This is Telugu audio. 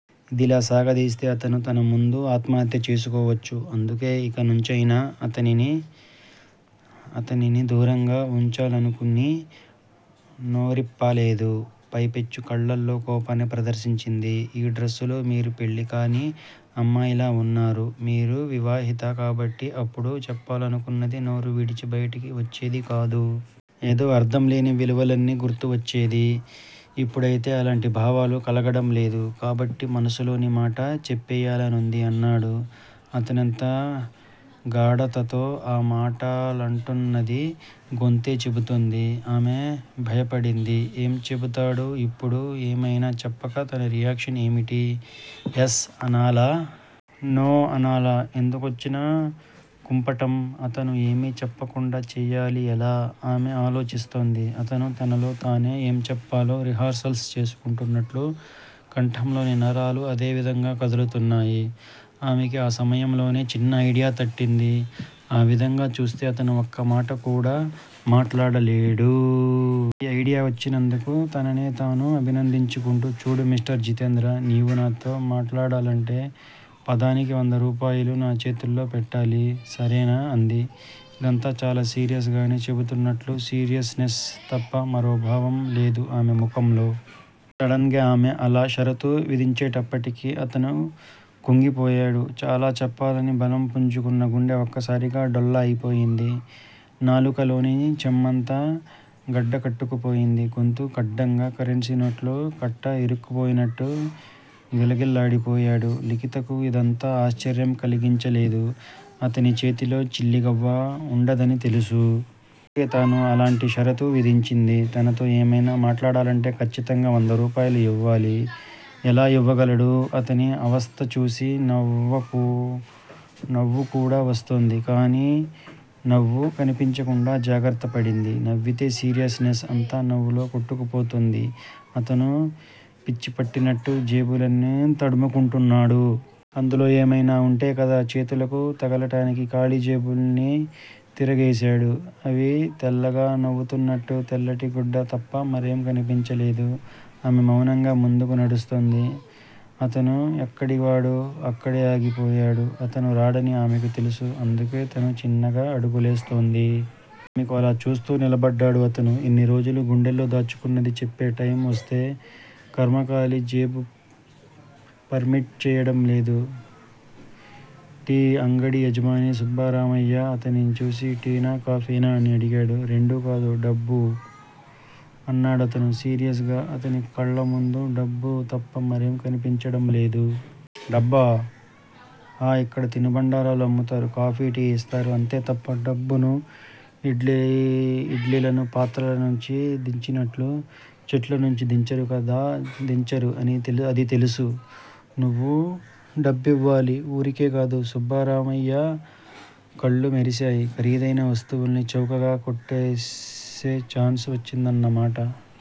ఇదిలా సాగదీస్తే అతను తన ముందు ఆత్మహత్య చేసుకోవచ్చు. అందుకే ఇకనుంచైనా అతనిని దూరంగా వుంచాలనుకుని నోరిప్ప లేదు. పైపెచ్చు కళ్ళల్లో కోపాన్ని ప్రదర్శించింది. ఈ డ్రస్ లో మీరు పెళ్ళి కాని అమ్మాయిలా వున్నారు. మీరు వివాహిత కాబట్టి అప్పుడు చెప్పాలనుకున్నది నోరు విడిచి బయటికి వచ్చేది కాదు. ఏదో అర్ధం లేని విలువలన్నీ గుర్తు వచ్చేది ఇప్పుడైతే అలాంటి భావాలు కలగడం లేదు. కాబట్టి మనసులోని మాట చెప్పేయాలనుంది అన్నాడు. అతనెంత గాఢతతో ఆ మాటలంటున్నది గొంతే చెబుతోంది. ఆమె భయపడింది. ఏం చెబుతాడు ఇప్పుడు? ఏమైనా చెప్పాక తన రియాక్షన్ ఏమిటి? ఎస్ అనాలా? నో అనాలా? ఎందుకొచ్చిన కుంపటం, అతను ఏమీ చెప్పకుండా చేయాలి ఎలా? ఆమె ఆలోచిస్తోంది. అతను తనలో తానే ఏం చెప్పాలో రిహార్సల్స్ చేసుకుంటున్నట్టు కంఠంలోని నరాలు అదే విధంగా కదులుతున్నాయి. ఆమెకి ఆ సమయంలోనే చిన్న ఐడియా తట్టింది. ఆ విధంగా చేస్తే అతను ఒక్క మాట కూడా మాట్లాడలేదు. ఆ ఐడియా వచ్చినందుకు తనకు తానే అభినందించుకుంటూ చూడు మిస్టర్ జితేంద్ర! నీవు నాతో మాట్లాడాలంటే పదానికి వంద రూపాయలు నా చేతుల్లో పెట్టాలి. సరేనా అంది. ఇదంతా చాలా సీరియస్ గానే చెబుతున్నట్టు సీరియస్ నెస్ తప్ప మరో భావం లేదు ఆమె ముఖంలో. సడన్ గా ఆమె అలా షరతు విధించేటప్పటికి అతను కుంగిపోయాడు. చాలా చెప్పాలని బలం పుంజుకున్న గుండె ఒక్కసారిగా డొల్ల అయిపోయింది. నాలుకలోని చెమ్మంతా గడ్డ కట్టుకుపోయింది. గొంతు కడ్డంగా కరెన్సీనోట్ల కట్ట ఇరుక్కుపోయినట్టు గిలగిల్లాడిపోయాడు. లిఖితకు ఇదంతా ఆశ్చర్యం కలిగించలేదు. అతని చేతిలో చిల్లిగవ్వ వుండదని తెలుసు. అందుకే తాను అలాంటి షరతు విధించింది. తనతో ఏమైనా మాట్లాడాలంటే ఖచ్చితంగా వంద రూపాయలు ఇవ్వాలి. ఎలా ఇవ్వగలడు-? అతని అవస్థ చూసి నవ్వుకూడా వస్తోంది. కానీ నవ్వు కనిపించకుండా జాగ్రత్త పడింది. నవ్వితే సీరియస్ నెస్ అంతా నవ్వులో కొట్టుకుపోతుంది. అతను పిచ్చిపట్టినట్టు జేబులన్నీ తడుముకుంటున్నాడు. అందులో ఏమైనా వుంటే కదా చేతులకు తగలడానికి ఖాళీ జేబుల్ని తిరగేశాడు. అవి తెల్లగా నవ్వుతున్నట్లు తెల్లటి గుడ్డ తప్ప మరేం కనిపించలేదు. ఆమె మౌనంగా ముందుకు నడుస్తోంది. అతను ఎక్కడివాడు అక్కడే ఆగిపోయాడు. అతను రాడని ఆమెకు తెలుసు అందుకే తను చిన్నగా అడుగులేస్తోంది. ఆమెను అలా చూస్తూ నిలబడ్డాడు అతను. ఇన్నిరోజులు గుండెలో దాచుకున్నది చెప్పే టైమ్ వస్తే ఖర్మ కాలి జేబు పర్మిట్ చేయటం లేదు. టీ అంగడి యజమాని సుబ్బరామయ్య అతని చూసి టీనా? కాఫీనా అని అడిగాడు. రెండూ కాదు- డబ్బు అన్నాడతను సీరియస్ గా అతని కళ్ళు ముందు డబ్బు తప్ప మరేం కనిపించడం లేదు. డబ్బా! ఆ ఇక్కడ తినుబండారాలు అమ్ముతారు. కాఫీ, టీ ఇస్తారు. అంతే తప్ప డబ్బును ఇడ్లీలను పాత్రల నుంచి దించినట్టు చెట్ల నుంచి దించరు అది తెలుసు. నువ్వు డబ్బివ్వాలి- వూరికే కాదు సుబ్బరామయ్య కళ్ళు మెరిసాయి. ఖరీదైన వస్తువుల్ని చౌకగా కొట్టేసే ఛాన్స్ వచ్చిందన్న మాట.